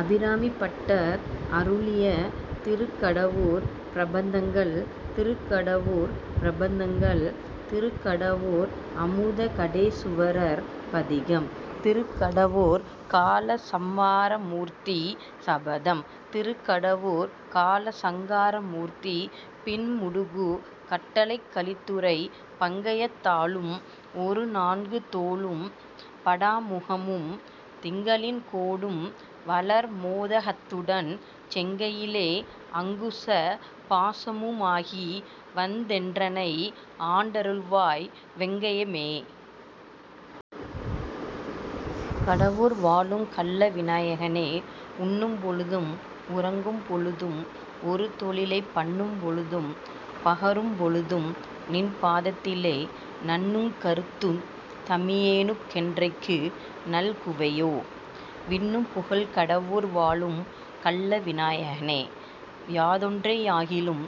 அபிராமிபட்டர் அருளிய திருக்கடவூர் பிரபந்தங்கள் திருக்கடவூர் பிரபந்தங்கள். திருக்கடவூர் அமுதகடேசுவரர் பதிகம். திருக்கடவூர்க் காலசம்மாரமூர்த்தி சபதம். திருக்கடவூர்க் காலசங்கார மூர்த்தி பின்முடுகு கட்டளைக் கலித்துறை பங்கயத் தாளும் ஒருநான்கு தோளும் படாமுகமும் திங்களின் கோடும் வளர்மோ தகத்துடன் செங்கையிலே அங்குச பாசமு மாகிவந் என்றனை ஆண்டருள்வாய்; வெங்கய மே! கட வூர்வாழுங் கள்ள விநாயகனே!. உண்ணும் பொழுதும் உறங்கும் பொழுதும் ஒருதொழிலைப் பண்ணும் பொழுதும் பகரும் பொழுதும்நின் பாதத்திலே நண்ணுங் கருத்துத் தமியேனுக் கென்றைக்கு நல்குவையோ? விண்ணும் புகழ்கட வூர்வாழும் கள்ள விநாயகனே!. யாதொன்றை யாகிலும்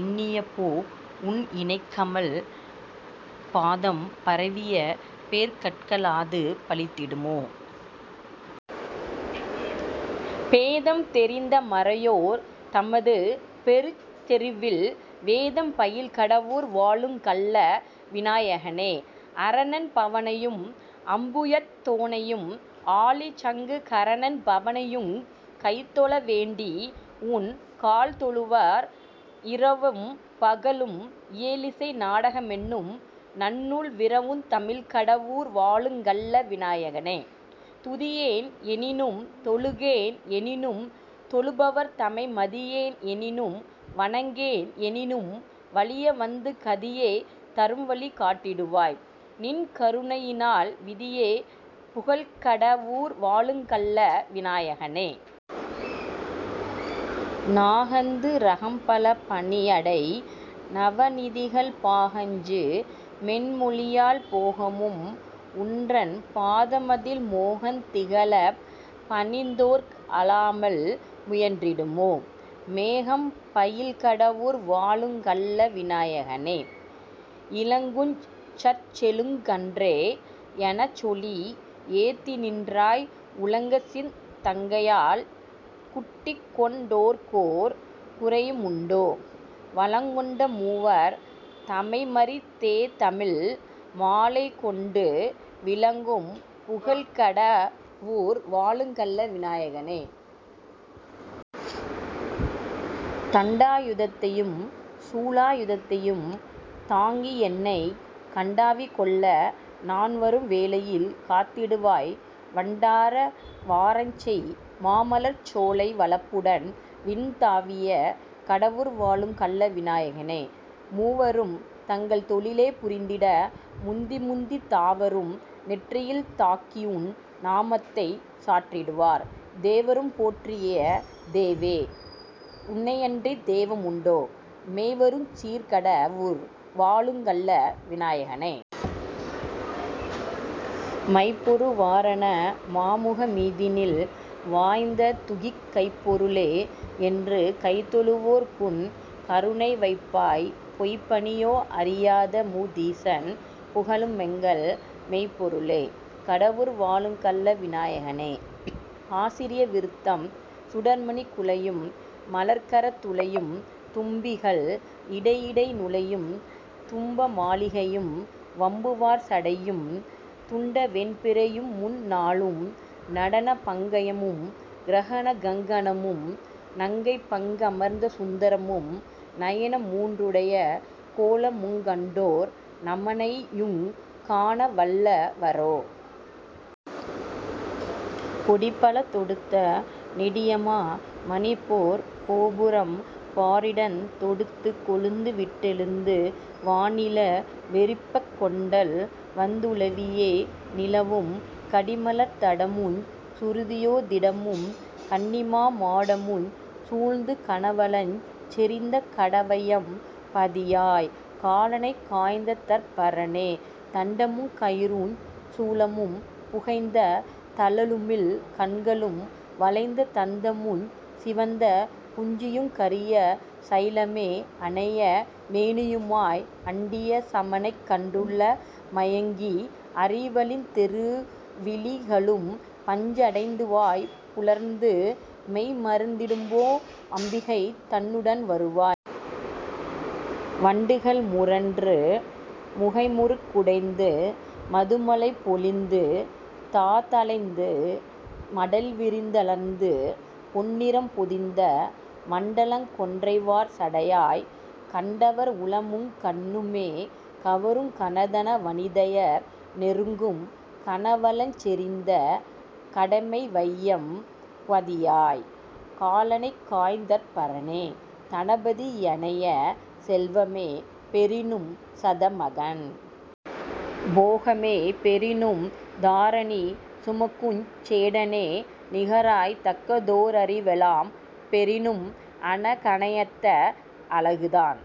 எண்ணிய போ உன் இணைக்கமல் பாதம் பரவிய பேர்கட் கலாது பலித்திடுமோ? பேதம் தெரிந்த மறையோர் தமது பெருச்தெருவில் வேதம் பயில்கட வூர்வாழுங் கள்ள விநாயகனே!. அரனென் பவனையும் அம்புயத் தோனையும் ஆழிசங்கு கரனென் பவனையுங் கைதொழ வேண்டி உன் கால்தொழுவார் இரவும் பகலும் இயலிசை நாடக மென்னும் நன்னூல் விரவுந் தமிழ்க்கட வூர்வாழுங் கள்ள விநாயகனே!. துதியேன் எனினும் தொழுகேன் எனினும் தொழுபவர்தமை மதியேன் எனினும் வணங்கேன் எனினும் வலியவந்து கதியே தரும்வழி காட்டிடுவாய்; நின் கருணையினால் விதியே புகழ்க்கட வூர்வாழுங் கள்ள விநாயகனே!. நாக ந்துரகம் பலபணி அடை நவநிதிகள் பாகஞ்சு மென்மொழியாள் போகமும் உன்றன் பாதமதில் மோகந் திகழப் பணிந்தோர்க் அலாமல் முயன்றிடுமோ? மேகம் பயில்கட வூர்வாழுங் கள்ள விநாயகனே!. இளங்குஞ் சரச்செழுங் கன்றே! எனச்சொலி ஏத்திநின்றாய் உளங்கசிந் தங்கையால் குட்டிக்கொண் டோர்க்கோர் குறையுமுண்டோ? வளங்கொண்ட மூவர் தமைமறித் தேதமிழ் மாலைகொண்டு விளங்கும் புகழ்க்கட வூர்வாழுங் கள்ள விநாயகனே!. தண்டாயுதத்தையும் சூலாயுதத்தையும் தாங்கியென்னைக் கண்டாவிகொள்ள நான் வரும் வேளையில் காத்திடுவாய் வண்டாரவாரஞ்செய் மாமலர்ச்சோலை வளப்பமுடன் விண்தாவிய கடவூர் வாழும் கள்ள விநாயகனே. மூவரும் தங்கள் தொழிலே புரிந்திட முந்திமுந்தித் தாவரும் நெற்றியில் தாக்கியுன் நாமத்தைச் சாற்றிடுவார்; தேவரும் போற்றிய தேவே! உனையன்றித் தெய்வமுண்டோ? மேவருஞ் சீர்கட வூர்வாழுங் கள்ள விநாயகனே!. மைப்பொரு வாரண மாமுக மீதினில் வாய்ந்ததுதிக் கைப்பொரு ளே! என்று கைதொழு வோர்குன் கருணைவைப்பாய்; பொய்ப்பணி யோஅறி யாதமு தீசன் புகழுமெங்கள் மெய்ப்பொருளே! கட வூர்வாழுங் கள்ள விநாயகனே!. ஆசிரிய விருத்தம் சுடர்மணிக் குழையும் மலர்க்கரத் துழையும் தும்பிகள் இடையிடை நுழையும் தும்பமா லிகைபும் வம்புவார் சடையும் துண்டவெண் பிறையுமுந் நாலும் நடனபங் கயமும் கிரணகங் கணமும் நங்கைபங் கமர்ந்தசுந் தரமும் நயனமூன் றுடைய கோலமுங் கண்டோர் நமனையுங் காணவல் லவரோ? கொடிபல தொடுத்த நெடியமா மணிபொற் கோபுரம் பாரிடந் தொடுத்துக் கொழுந்துவிட் டெழுந்து வாணில வெறிப்பக் கொண்டல் வந் துலவியே நிலவும் கடிமலர்த் தடமுஞ் சுருதியோ திடமும் கன்னிமா மாடமுஞ் சூழ்ந்து கனவளஞ் செறிந்த கடவையம் பதியாய்! காலனைக் காய்ந்ததற் பரனே!. தண்டமுங் கயிறுஞ் சூலமும் புகைந்த தழலுமிழ் கண்களும் வளைந்த தந்தமுஞ் சிவந்த குஞ்சியுங் கரிய சைலமே அனையமே னியுமாய் அண்டிய சமனைக் கண்டுள மயங்கி அறிவழிந் திருவிழி களும்பஞ் அடைந்துவாய் புலர்ந்து மெய்மறந் திடும்போ அம்பிகை தன்னுடன் வருவாய்! வண்டுகள் முரன்று முகைமுறுக் குடைந்து மதுமழை பொழிந்துதா தளைந்து மடல்விரிந் தலர்ந்து பொன்னிறம் பொதிந்த மண்டலங் கொன்றைவார் சடையாய்! கண்டவர் உளமுங் கண்ணுமே கவருங் கனதன வனிதையர் நெருங்கும் கனவளஞ் செறிந்த கடமைவையம் பதியாய்! காலனைக் காய்ந்தற் பரனே!. தனபதி யனைய செல்வமே பெறினும் சதமகன் போகமே பெறினும் தாரணி சுமக்குஞ் சேடனே நிகராய்த் தக்கதோ ரறிவெலாம் பெறினும் அனகனையத்த அழகுதான்